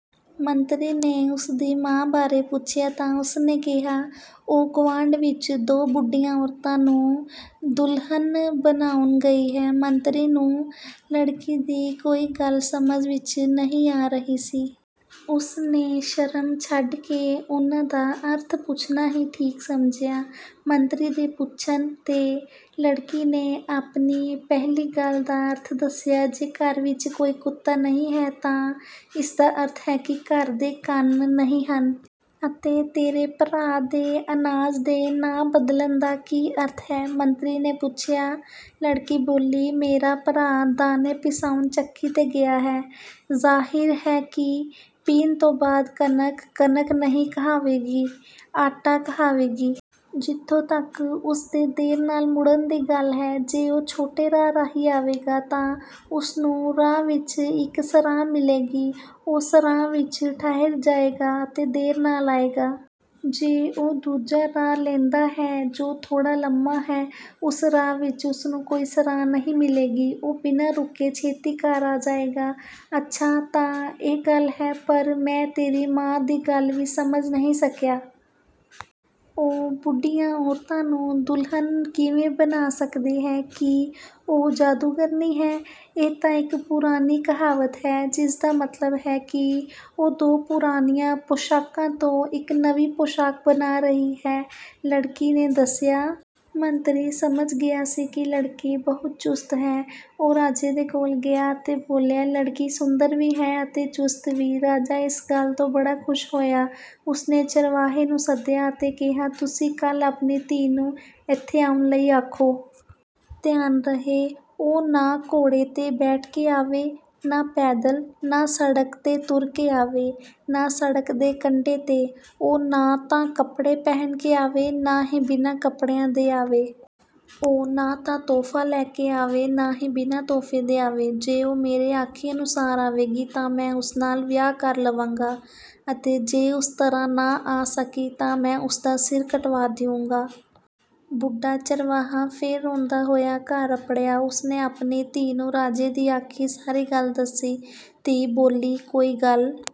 ਮੰਤਰੀ ਨੇ ਉਸ ਦੀ ਮਾਂ ਬਾਰੇ ਪੁੱਛਿਆ ਤਾਂ ਉਸ ਨੇ ਕਿਹਾ, "ਉਹ ਗੁਆਂਢ ਵਿੱਚ ਦੋ ਬੁੱਢੀਆਂ ਔਰਤਾਂ ਨੂੰ ਦੁਲਹਨ ਬਣਾਉਣ ਗਈ ਹੈ।" ਮੰਤਰੀ ਨੂੰ ਲੜਕੀ ਦੀ ਕੋਈ ਗੱਲ ਸਮਝ ਵਿੱਚ ਨਹੀਂ ਆ ਰਹੀ ਸੀ। ਉਸ ਨੇ ਸ਼ਰਮ ਛੱਡ ਕੇ ਉਨ੍ਹਾਂ ਦਾ ਅਰਥ ਪੁੱਛਣਾ ਹੀ ਠੀਕ ਸਮਝਿਆ। ਮੰਤਰੀ ਦੇ ਪੁੱਛਣ 'ਤੇ ਲੜਕੀ ਨੇ ਆਪਣੀ ਪਹਿਲੀ ਗੱਲ ਦਾ ਅਰਥ ਦੱਸਿਆ, "ਜੇ ਘਰ ਵਿੱਚ ਕੋਈ ਕੁੱਤਾ ਨਹੀਂ ਹੈ ਤਾਂ ਇਸ ਦਾ ਅਰਥ ਹੈ ਕਿ ਘਰ ਦੇ ਕੰਨ ਨਹੀਂ ਹਨ।" "ਅਤੇ ਤੇਰੇ ਭਰਾ ਦੇ ਅਨਾਜ ਦੇ ਨਾਂ ਬਦਲਣ ਦਾ ਕੀ ਅਰਥ ਹੈ?" ਮੰਤਰੀ ਨੇ ਪੁੱਛਿਆ। ਲੜਕੀ ਬੋਲੀ, "ਮੇਰਾ ਭਰਾ ਦਾਣੇ ਪਿਸਾਉਣ ਚੱਕੀ 'ਤੇ ਗਿਆ ਹੈ। ਜ਼ਾਹਿਰ ਹੈ ਕਿ ਪੀਹਣ ਤੋਂ ਬਾਅਦ ਕਣਕ, ਕਣਕ ਨਹੀਂ ਕਹਾਵੇਗੀ, ਆਟਾ ਕਹਾਵੇਗੀ। ਜਿੱਥੋਂ ਤੱਕ ਉਸ ਦੇ ਦੇਰ ਨਾਲ ਮੁੜਨ ਦੀ ਗੱਲ ਹੈ, ਜੇ ਉਹ ਛੋਟੇ ਰਾਹ ਰਾਹੀਂ ਆਵੇਗਾ ਤਾਂ ਉਸ ਨੂੰ ਰਾਹ ਵਿੱਚ ਇੱਕ ਸਰਾਂ ਮਿਲੇਗੀ। ਉਹ ਸਰਾਂ ਵਿੱਚ ਠਹਿਰ ਜਾਏਗਾ ਅਤੇ ਦੇਰ ਨਾਲ ਆਏਗਾ। ਜੇ ਉਹ ਦੂਜਾ ਰਾਹ ਲੈਂਦਾ ਹੈ, ਜੋ ਥੋੜ੍ਹਾ ਲੰਮਾ ਹੈ, ਉਸ ਰਾਹ ਵਿੱਚ ਉਸ ਨੂੰ ਕੋਈ ਸਰਾਂ ਨਹੀਂ ਮਿਲੇਗੀ। ਉਹ ਬਿਨਾਂ ਰੁਕੇ ਛੇਤੀ ਘਰ ਆ ਜਾਏਗਾ।" "ਅੱਛਾ, ਤਾਂ ਇਹ ਗੱਲ ਹੈ! ਪਰ ਮੈਂ ਤੇਰੀ ਮਾਂ ਦੀ ਗੱਲ ਵੀ ਸਮਝ ਨਹੀਂ ਸਕਿਆ। ਉਹ ਬੁੱਢੀਆਂ ਔਰਤਾਂ ਨੂੰ ਦੁਲਹਨ ਕਿਵੇਂ ਬਣਾ ਸਕਦੀ ਹੈ, ਕੀ ਉਹ ਜਾਦੂਗਰਨੀ ਹੈ?" "ਇਹ ਤਾਂ ਇੱਕ ਪੁਰਾਣੀ ਕਹਾਵਤ ਹੈ, ਜਿਸ ਦਾ ਮਤਲਬ ਹੈ ਕਿ ਉਹ ਦੋ ਪੁਰਾਣੀਆਂ ਪੌਸ਼ਾਕਾਂ ਤੋਂ ਇੱਕ ਨਵੀਂ ਪੌਸ਼ਾਕ ਬਣਾ ਰਹੀ ਹੈ," ਲੜਕੀ ਨੇ ਦੱਸਿਆ। ਮੰਤਰੀ ਸਮਝ ਗਿਆ ਸੀ ਕਿ ਲੜਕੀ ਬਹੁਤ ਚੁਸਤ ਹੈ। ਉਹ ਰਾਜੇ ਦੇ ਕੋਲ ਗਿਆ ਅਤੇ ਬੋਲਿਆ, "ਲੜਕੀ ਸੁੰਦਰ ਵੀ ਹੈ ਅਤੇ ਚੁਸਤ ਵੀ।" ਰਾਜਾ ਇਸ ਗੱਲ ਤੋਂ ਬੜਾ ਖ਼ੁਸ਼ ਹੋਇਆ। ਉਸ ਨੇ ਚਰਵਾਹੇ ਨੂੰ ਸੱਦਿਆ ਅਤੇ ਕਿਹਾ, "ਤੁਸੀਂ ਕੱਲ੍ਹ ਆਪਣੀ ਧੀ ਨੂੰ ਇੱਥੇ ਆਉਣ ਲਈ ਆਖੋ। ਧਿਆਨ ਰਹੇ, ਉਹ ਨਾ ਘੋੜੇ 'ਤੇ ਬੈਠ ਕੇ ਆਵੇ, ਨਾ ਪੈਦਲ। ਨਾ ਸੜਕ 'ਤੇ ਤੁਰ ਕੇ ਆਵੇ, ਨਾ ਸੜਕ ਦੇ ਕੰਢੇ 'ਤੇ। ਉਹ ਨਾ ਤਾਂ ਕੱਪੜੇ ਪਹਿਨ ਕੇ ਆਵੇ, ਨਾ ਹੀ ਬਿਨਾਂ ਕੱਪੜਿਆਂ ਦੇ ਆਵੇ। ਉਹ ਨਾ ਤਾਂ ਤੋਹਫ਼ਾ ਲੈ ਕੇ ਆਵੇ, ਨਾ ਹੀ ਬਿਨਾਂ ਤੋਹਫ਼ੇ ਦੇ ਆਵੇ। ਜੇ ਉਹ ਮੇਰੇ ਆਖੇ ਅਨੁਸਾਰ ਆਵੇਗੀ ਤਾਂ ਮੈਂ ਉਸ ਨਾਲ ਵਿਆਹ ਕਰ ਲਵਾਂਗਾ ਅਤੇ ਜੇ ਉਸ ਤਰ੍ਹਾਂ ਨਾ ਆ ਸਕੀ ਤਾਂ ਮੈਂ ਉਸ ਦਾ ਸਿਰ ਕਟਵਾ ਦਿਊਂਗਾ।" ਬੁੱਢਾ ਚਰਵਾਹਾ ਫੇਰ ਰੋਂਦਾ ਹੋਇਆ ਘਰ ਅੱਪੜਿਆ। ਉਸ ਨੇ ਆਪਣੀ ਧੀ ਨੂੰ ਰਾਜੇ ਦੀ ਆਖੀ ਸਾਰੀ ਗੱਲ ਦੱਸੀ। ਧੀ ਬੋਲੀ, ''ਕੋਈ ਗੱਲ